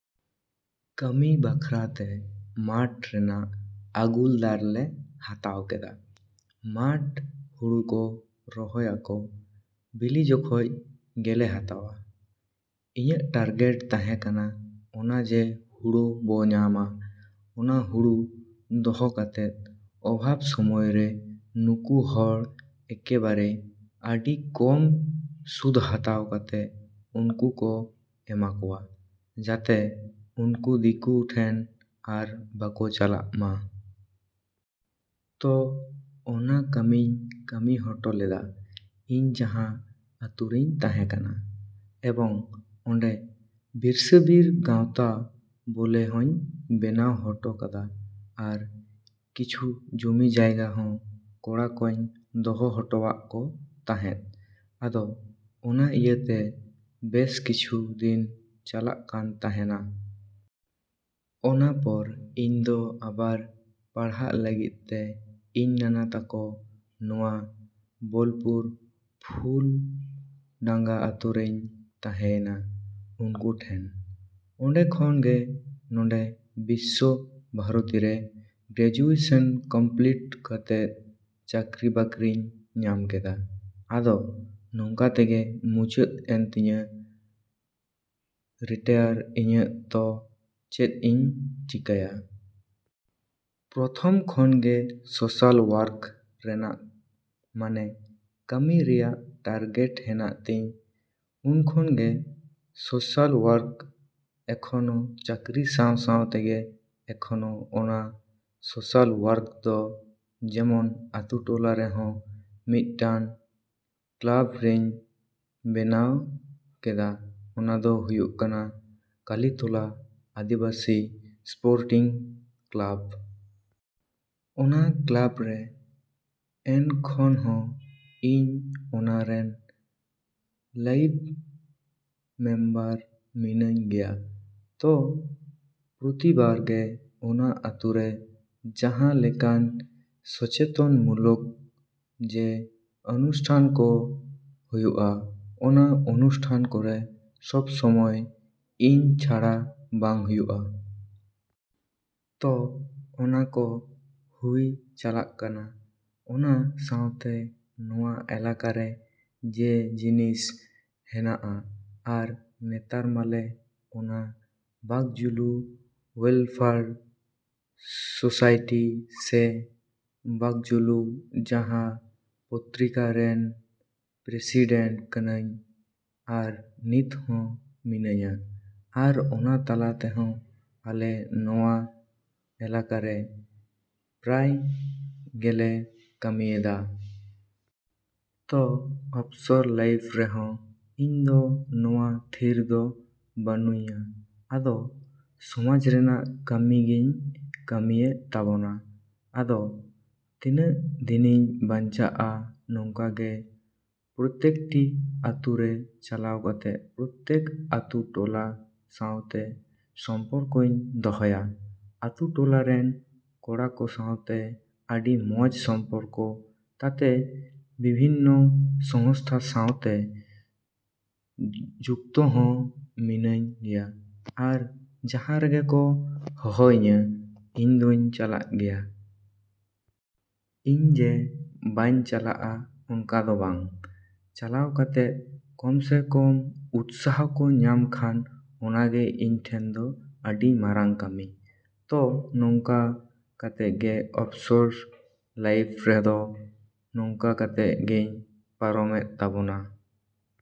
‎ᱠᱟᱹᱢᱤ ᱵᱟᱠᱷᱨᱟ ᱛᱮ ᱢᱟᱴᱷ ᱨᱮᱱᱟᱜ ᱟᱜᱩᱞᱫᱟᱨ ᱞᱮ ᱦᱟᱛᱟᱣ ᱠᱮᱫᱟ᱾ ᱢᱟᱴᱷ ᱦᱩᱲᱩ ᱠᱚ ᱨᱚᱦᱚᱭ ᱟᱠᱚ ᱵᱤᱞᱤ ᱡᱚᱠᱷᱚᱡ ᱜᱮᱞᱮ ᱦᱟᱛᱟᱣᱟ᱾ ᱤᱧᱟᱜ ᱴᱟᱨᱜᱮᱴ ᱛᱟᱸᱦᱮ ᱠᱟᱱᱟ ᱚᱱᱟ ᱡᱮ ᱦᱩᱲᱩ ᱵᱚ ᱧᱟᱢᱟ ᱚᱱᱟ ᱦᱩᱲᱩ ᱫᱚᱦᱚ ᱠᱟᱛᱮᱜ ᱚᱵᱷᱟᱵᱽ ᱥᱚᱢᱚᱭᱨᱮ ᱱᱩᱠᱩ ᱦᱚᱲ ᱮᱠᱮᱵᱟᱨᱮ ᱟᱹᱰᱤ ᱠᱚᱢ ᱥᱩᱫ ᱦᱟᱛᱟᱣ ᱠᱟᱛᱮᱜ ᱩᱱᱠᱩ ᱠᱚ ᱮᱢᱟ ᱠᱚᱣᱟ ᱡᱟᱛᱮ ᱩᱱᱠᱩ ᱫᱤᱠᱩ ᱴᱷᱮᱱ ᱟᱨ ᱵᱟᱠᱚ ᱪᱟᱞᱟᱜ ᱢᱟ᱾ ᱛᱚ ᱚᱱᱟ ᱠᱟᱹᱢᱤᱧ ᱠᱟᱹᱢᱤ ᱦᱚᱴᱚ ᱞᱮᱫᱟ ᱤᱧ ᱡᱟᱸᱦᱟ ᱟᱹᱛᱩᱨᱤᱧ ᱛᱟᱸᱦᱮ ᱠᱟᱱᱟ ᱮᱵᱚᱝ ᱚᱸᱰᱮ ᱵᱤᱨᱥᱟᱹᱼᱵᱤᱨ ᱜᱟᱶᱛᱟ ᱵᱚᱞᱮ ᱦᱚᱧ ᱵᱮᱱᱟᱣ ᱦᱚᱴᱚ ᱠᱟᱫᱟ ᱟᱨ ᱠᱤᱪᱷᱩ ᱡᱚᱢᱤ ᱡᱟᱭᱜᱟ ᱦᱚᱸ ᱠᱚᱲᱟ ᱠᱚᱧ ᱫᱚᱦᱚ ᱦᱚᱴᱚᱣᱟᱜ ᱠᱚ ᱛᱟᱸᱦᱮᱜ᱾ ᱟᱫᱚ ᱚᱱᱟ ᱤᱭᱟᱹᱛᱮ ᱵᱮᱥ ᱠᱤᱪᱷᱩ ᱫᱤᱱ ᱪᱟᱞᱟᱜ ᱠᱟᱱ ᱛᱟᱸᱦᱮᱱᱟ᱾ ᱚᱱᱟ ᱯᱚᱨ ᱤᱧ ᱫᱚ ᱟᱵᱟᱨ ᱯᱟᱲᱦᱟᱜ ᱞᱟᱹᱜᱤᱫᱛᱮ ᱤᱧ ᱱᱟᱱᱟ ᱛᱟᱠᱚ ᱱᱚᱣᱟ ᱵᱚᱞᱯᱩᱨ ᱯᱷᱩᱞ ᱰᱟᱝᱜᱟ ᱟᱹᱛᱩ ᱨᱤᱧ ᱛᱟᱸᱦᱮᱭᱮᱱᱟ ᱩᱱᱠᱩ ᱴᱷᱮᱱ᱾ ᱚᱸᱰᱮ ᱠᱷᱚᱱᱜᱮ ᱱᱚᱰᱮ ᱵᱤᱥᱥᱚ ᱵᱷᱟᱨᱚᱛᱤᱨᱮ ᱜᱨᱮᱡᱩᱭᱮᱥᱚᱱ ᱠᱚᱢᱯᱞᱤᱴ ᱠᱟᱛᱮᱜ ᱪᱟᱹᱠᱨᱤ ᱵᱟᱹᱠᱨᱤᱧ ᱧᱟᱢ ᱠᱮᱫᱟ᱾ ᱟᱫᱚ ᱱᱚᱝᱠᱟ ᱛᱮᱜᱮ ᱢᱩᱪᱟᱹᱫ ᱮᱱ ᱛᱤᱧᱟ ᱨᱤᱴᱟᱭᱟᱨ ᱤᱱᱟᱹᱧ ᱛᱚ ᱪᱮᱫ ᱤᱧ ᱪᱤᱠᱟᱭᱟ᱾ ᱯᱨᱚᱛᱷᱚᱢ ᱠᱷᱚᱱᱜᱮ ᱥᱚᱥᱟᱞ ᱚᱣᱟᱨᱠ ᱨᱮᱱᱟᱜ ᱢᱟᱱᱮ ᱠᱟᱹᱢᱤ ᱨᱮᱭᱟᱜ ᱴᱟᱨᱜᱮᱴ ᱦᱮᱱᱟᱜ ᱛᱤᱧ ᱩᱱᱠᱷᱚᱱ ᱜᱮ ᱥᱚᱥᱟᱞ ᱚᱣᱟᱨᱠ ᱮᱠᱷᱚᱱᱚ ᱪᱟᱠᱨᱤ ᱥᱟᱶ ᱥᱟᱶ ᱛᱮᱜᱮ ᱮᱠᱷᱚᱱᱚ ᱚᱱᱟ ᱥᱚᱥᱟᱞ ᱚᱣᱟᱨᱠ ᱫᱚ ᱡᱮᱢᱚᱱ ᱟᱹᱛᱩ ᱴᱚᱞᱟ ᱨᱮᱦᱚᱸ ᱢᱤᱫᱴᱟᱱ ᱠᱞᱟᱵᱽ ᱤᱧ ᱵᱮᱱᱟᱣ ᱠᱮᱫᱟ ᱚᱱᱟ ᱫᱚ ᱦᱩᱭᱩᱜ ᱠᱟᱱᱟ ᱠᱟᱞᱤᱛᱚᱞᱟ ᱟᱫᱤᱵᱟᱥᱤ ᱥᱯᱚᱨᱴᱤᱝ ᱠᱞᱟᱵᱽ᱾ ᱚᱱᱟ ᱠᱞᱟᱵᱽ ᱨᱮ ᱮᱱᱠᱷᱚᱱᱦᱚᱸ ᱤᱧ ᱚᱱᱟᱨᱮᱱ ᱞᱟᱭᱤᱵᱽ ᱢᱮᱢᱵᱟᱨ ᱢᱤᱱᱟᱹᱧ ᱜᱮᱭᱟ᱾ ᱛᱚ ᱯᱨᱚᱛᱤᱵᱟᱨ ᱜᱮ ᱚᱱᱟ ᱟᱛᱩ ᱨᱮ ᱡᱟᱸᱦᱟ ᱞᱮᱠᱟᱱ ᱥᱚᱪᱮᱛᱚᱱ ᱢᱩᱞᱚᱠ ᱡᱮ ᱚᱱᱩᱥᱴᱷᱟᱱ ᱠᱚ ᱦᱩᱭᱩᱜᱼᱟ ᱚᱱᱟ ᱚᱱᱩᱥᱴᱷᱟᱱ ᱠᱚᱨᱮ ᱥᱚᱵᱽ ᱥᱚᱢᱚᱭ ᱤᱧ ᱪᱷᱟᱲᱟ ᱵᱟᱝ ᱦᱩᱭᱩᱜᱼᱟ᱾ ᱛᱚ ᱚᱱᱟ ᱠᱚ ᱦᱩᱭ ᱪᱟᱞᱟᱜ ᱠᱟᱱᱟ ᱚᱱᱟ ᱥᱟᱶᱛᱮ ᱱᱚᱣᱟ ᱮᱞᱟᱠᱟᱨᱮ ᱡᱮ ᱡᱤᱱᱤᱥ ᱦᱮᱱᱟᱜᱼᱟ ᱟᱨ ᱱᱮᱛᱟᱨ ᱢᱟᱞᱮ ᱚᱱᱟ ᱵᱟᱠᱡᱩᱞᱩ ᱳᱭᱮᱞᱯᱷᱮᱭᱟᱨ ᱥᱚᱥᱟᱭᱴᱤ ᱥᱮ ᱵᱟᱠ ᱡᱩᱞᱩ ᱡᱟᱸᱦᱟ ᱯᱚᱛᱨᱤᱠᱟ ᱨᱮᱱ ᱯᱨᱮᱥᱤᱰᱮᱱᱴ ᱠᱟᱱᱟᱧ ᱟᱨ ᱱᱤᱛ ᱦᱚᱸ ᱢᱤᱱᱟᱹᱧᱟ ᱟᱨ ᱚᱱᱟ ᱛᱟᱞᱟ ᱛᱮᱦᱚᱸ ᱟᱞᱮ ᱱᱚᱣᱟ ᱮᱞᱟᱠᱟᱨᱮ ᱯᱨᱟᱭ ᱜᱮᱞᱮ ᱠᱟᱹᱢᱤᱭᱮᱫᱟ᱾ ᱛᱚ ᱚᱯᱥᱚᱨ ᱞᱟᱭᱤᱯᱷ ᱨᱮᱦᱚᱸ ᱤᱧ ᱫᱚ ᱱᱚᱣᱟ ᱛᱷᱤᱨ ᱫᱚ ᱵᱟᱹᱱᱩᱧᱟ ᱟᱫᱚ ᱥᱚᱢᱟᱡᱽ ᱨᱮᱱᱟᱜ ᱠᱟᱹᱢᱤ ᱜᱤᱧ ᱠᱟᱹᱢᱤᱭᱮᱜ ᱛᱟᱵᱚᱱᱟ᱾ ᱟᱫᱚ ᱛᱤᱱᱟᱹᱜ ᱫᱤᱱᱤᱧ ᱵᱟᱧᱪᱟᱜᱼᱟ ᱱᱚᱝᱠᱟᱜᱮ ᱯᱨᱚᱛᱛᱮᱠᱴᱤ ᱟᱹᱛᱩ ᱨᱮ ᱪᱟᱞᱟᱣ ᱠᱟᱛᱮ ᱯᱨᱚᱛᱛᱮᱠ ᱟᱛᱩ ᱴᱚᱞᱟ ᱥᱟᱶᱛᱮ ᱥᱚᱢᱯᱚᱨᱠᱚᱧ ᱫᱚᱦᱚᱭᱟ, ᱟᱹᱛᱩ ᱴᱚᱞᱟᱨᱮᱱ ᱠᱚᱲᱟ ᱠᱚ ᱥᱟᱶᱛᱮ ᱟᱹᱰᱤ ᱢᱚᱸᱡᱽ ᱥᱚᱢᱯᱚᱨᱠᱚ ᱛᱟᱛᱮ ᱵᱤᱵᱷᱤᱱᱱᱚ ᱥᱚᱝᱥᱛᱟ ᱥᱟᱣᱛᱮ ᱡᱩᱠᱛᱚ ᱦᱚᱸ ᱢᱤᱱᱟᱹᱧ ᱜᱮᱭᱟ ᱟᱨ ᱡᱟᱸᱦᱟ ᱨᱮᱜᱮ ᱠᱚ ᱦᱚᱦᱚ ᱤᱧᱟ ᱤᱧᱫᱩᱧ ᱪᱟᱞᱟᱜ ᱜᱮᱭᱟ᱾ ᱤᱧ ᱡᱮ ᱵᱟᱹᱧ ᱪᱟᱞᱟᱜᱼᱟ ᱚᱱᱠᱟ ᱫᱚ ᱵᱟᱝ᱾ ᱪᱟᱞᱟᱣ ᱠᱟᱛᱮᱜ ᱠᱚᱢᱥᱮ ᱠᱚᱢ ᱩᱛᱥᱟᱦᱚ ᱠᱚ ᱧᱟᱢ ᱠᱷᱟᱱ ᱚᱱᱟᱜᱮ ᱤᱧ ᱴᱷᱮᱱ ᱫᱚ ᱟᱹᱰᱤ ᱢᱟᱨᱟᱝ ᱠᱟᱹᱢᱤ᱾ ᱛᱚ ᱱᱚᱝᱠᱟ ᱠᱟᱛᱮᱜ ᱜᱮ ᱚᱯᱥᱚᱨ ᱞᱟᱭᱤᱯᱷ ᱨᱮᱫᱚ ᱱᱚᱝᱠᱟ ᱠᱟᱛᱮᱜ ᱜᱤᱧ ᱯᱟᱨᱚᱢᱮᱜ ᱛᱟᱵᱚᱱᱟ᱾।